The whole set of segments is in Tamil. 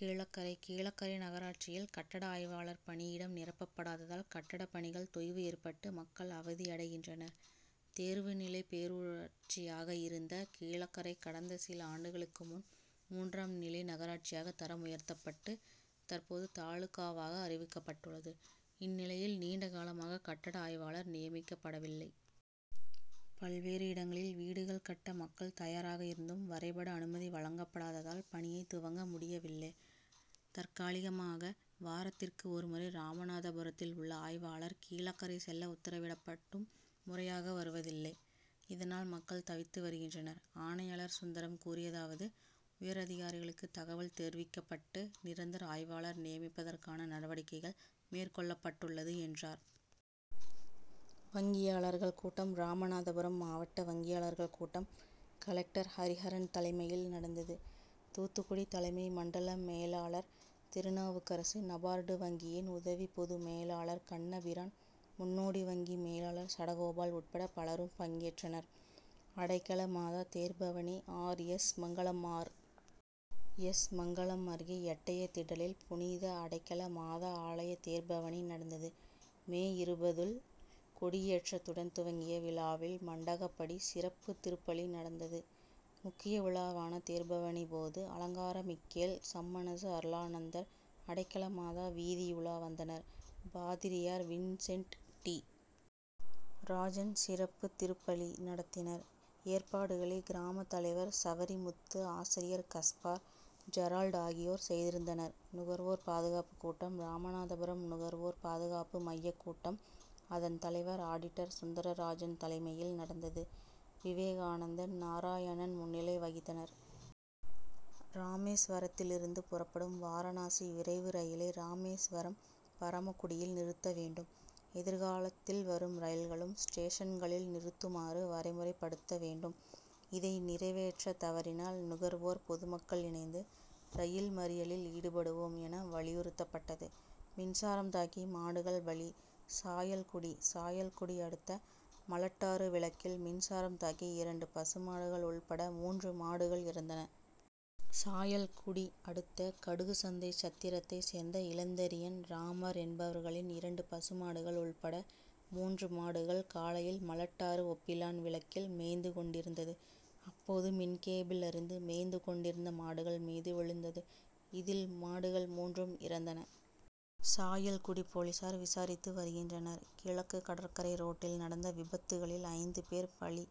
கீழக்கரை கீழக்கரை நகராட்சியில் கட்டட ஆய்வாளர் பணியிடம் நிரப்படாததால், கட்டட பணிகள் தொய்வு ஏற்பட்டு மக்கள் அவதியடைகின்றனர். தேர்வு நிலை பேரூராட்சியாக இருந்த கீழக்கரை கடந்த சில ஆண்டுகளுக்கு முன் மூன்றாம் நிலை நகராட்சியாக தரம் உயர்த்தப்பட்டு தற்போது தாலுகாவாக அறிவிக்கப்பட்டுள்ளது. இந் நிலையில் நீண்ட காலமாக கட்டட ஆய்வாளர் நியமிக்கப்படவில்லை. பல்வேறு இடங்களில் வீடுகள் கட்ட மக்கள் தயாராக இருந்தும் வரைபட அனுமதி வழங்கப் படாததால் பணியை துவங்க முடியவில்லை. தற்காலிகமாக வாரத்திற்கு ஒருமுறை ராமநாதபுரத்தில் உள்ள ஆய்வாளர் கீழக்கரை செல்ல உத்தரவிடப்பட்டும் முறையாக வருவதில்லை. இதனால் மக்கள் தவித்து வருகின்றனர். ஆணையாளர் சுந்தரம் கூறியதாவது உயர் அதிகாரிகளுக்கு தகவல் தெர்விக்கப்பட்டு நிரந்தர ஆய்வாளர் நியமிப்பதற்கான நடவடிக்கைகள் மேற்கொள்ளப் பட்டுள்ளது, என்றார். வங்கியாளர்கள் கூட்டம் ராமநாதபுரம் மாவட்ட வங்கியாளர்கள் கூட்டம் கலெக்டர் ஹரிஹரன் தலைமையில் நடந்தது. தூத்துக்குடி தலைமை மண்டல மேலாளர் திருநாவுக்கரசு, நபார்டு வங்கியின் உதவி பொதுமேலாளர் கண்ணபிரான், முன்னோடி வங்கி மேலாளர் சடகோபால் உட்பட பலரும் பங்கேற்றனர். அடைக்கல மாதா தேர்பவனி R. S. Mangalam R. S. Mangalam அருகே எட்டயதிடலில் புனித அடைக்கல மாதா ஆலய தேர்பவனி நடந்தது. மே இருபது ல் கொடியேற்றதுடன் துவங்கிய விழாவில் மண்டகபடி, சிறப்பு திருப்பலி நடந்தது. முக்கிய விழாவான தேர்பவனிபோது அலங்கார மிக்கேல், சம்மனசு அருளானந்தர், அடைக்கலமாதா வீதியுலா வந்தனர். பாதிரியார் வின்சென்ட் டி. ராஜன் சிறப்பு திருப் பலி நடத்தினார். ஏற் பாடுகளை கிராம தலைவர் சவரிமுத்து, ஆசிரியர் கஸ்பார், ஜெரால்ட் ஆகியோர் செய்திருந்தனர். நுகர்வோர் பாதுகாப்பு கூட்டம் ராமநாதபுரம் நுகர்வோர் பாதுகாப்பு மைய கூட்டம் அதன் தலைவர் ஆடிட்டர் சுந்தராஜன் தலைமையில் நடந்தது. விவேகானந்தன், நாராயணன் முன்னிலை வகித்தனர். ராமேஸ்வரத்திலிருந்து புறப்படும் வாரணாசி விரைவு ரயிலை ராமேஸ்வரம், பரமக்குடியில் நிறுத்த வேண்டும். எதிர்காலத்தில் வரும் ரயில்களும் ஸ்டேஷன்களில் நிறுத்துமாறு வரைமுறைப்படுத்த வேண்டும். இதை நிறைவேற்ற தவறினால் நுகர்வோர், பொதுமக்கள் இணைந்து ரயில் மறியலில் ஈடுபடுவோம், என வலியுறுத்தப்பட்டது. மின்சாரம் தாக்கி மாடுகள் பலி சாயல்குடி சாயல்குடி அடுத்த மலட்டாறு விலக்கில் மின் சாரம் தாக்கி இரண்டு பசு மாடுகள் உள்பட மூன்று மாடுகள் இறந்தன. சாயல்குடி அடுத்த கடுகுசந்தை சத்திரத்தை சேர்ந்த இளந்தரியன், ராமர் என்பவர்களின் இரண்டு பசு மாடுகள் உள்பட மூன்று மாடுகள் காலையில் மலட்டாறு ஒப்பிலான் விலக்கில் மேய்ந்து கொண்டிருந்தது. அப்போது, மின் கேபிள் அறுந்து, மேய்ந்து கொண்டிருந்த மாடுகள் மீது விழுந்தது. இதில் மாடுகள் மூன்றும் இறந்தன. சாயல்குடி போலீசார் விசாரித்து வருகின்றனர். கிழக்கு கடற்கரை ரோட்டில் நடந்த விபத்துகளில் ஐந்து பேர் பலி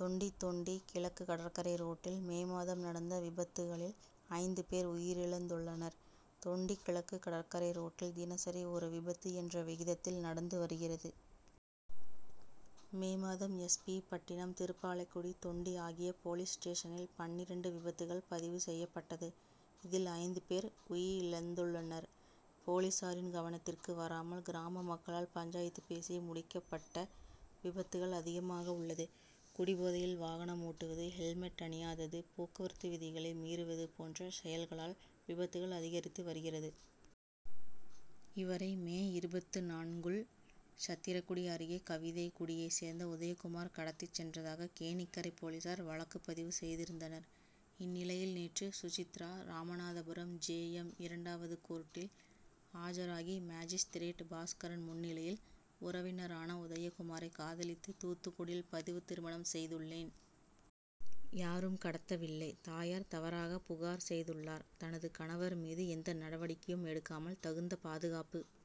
தொண்டி தொண்டி கிழக்குகடற்கரை ரோட்டில் மே மாதம் நடந்த விபத்துகளில் ஐந்து பேர் உயிரிழந்துள்ளனர். தொண்டி கிழக்கு கடற்கரை ரோட்டில் தினசரி ஒரு விபத்து என்ற விகிதத்தில் நடந்து வருகிறது. மே மாதம் எஸ். பி. பட்டினம், திருப்பாலைக்குடி, தொண்டி ஆகிய போலீஸ்ஸ்டேஷனில் பன்னிரண்டு விபத்துகள் பதிவு செய்யபட்டது. இதில் ஐந்துபேர் உயிழந்துள்ளனர். போலீசாரின் கவனத்திற்கு வராமல் கிராம மக்களால் பஞ்சாயத்து பேசி முடிக்கபட்ட விபத்துகள் அதிகமாக உள்ளது. குடிபோதையில் வாகனம் ஓட்டுவது, ஹெல்மெட் அணியாதது, போக்குவரத்து விதிகளை மீறுவது போன்ற செயல்களால் விபத்துகள் அதிகரித்து வருகிறது. இவரை மே இருபத்து நான்கு ல் சத்திரக்குடி அருகே கவிதைகுடியை சேர்ந்த உதயகுமார் கடத்தி சென்றதாக கேணிக்கரை போலீசார் வழக்குபதிவு செய்திருந்தனர். இந்நிலையில் நேற்று சுசித்ரா ராமநாதபுரம் ஜே. எம். இரண்டாவது கோர்ட்டில் ஆஜராகி மேஜிஸ்திரேட் பாஸ்கரன் முன்னிலையில் உறவினரான உதயகுமாரை காதலித்து தூத்துக் குடியில் பதிவு திருமணம் செய்துள்ளேன். யாரும் கடத்தவில்லை. தாயார் தவறாக புகார் செய்துள்ளார். தனது கணவர் மீது எந்த நடவடிக்கையும் எடுக்காமல் தகுந்த பாதுகாப்பு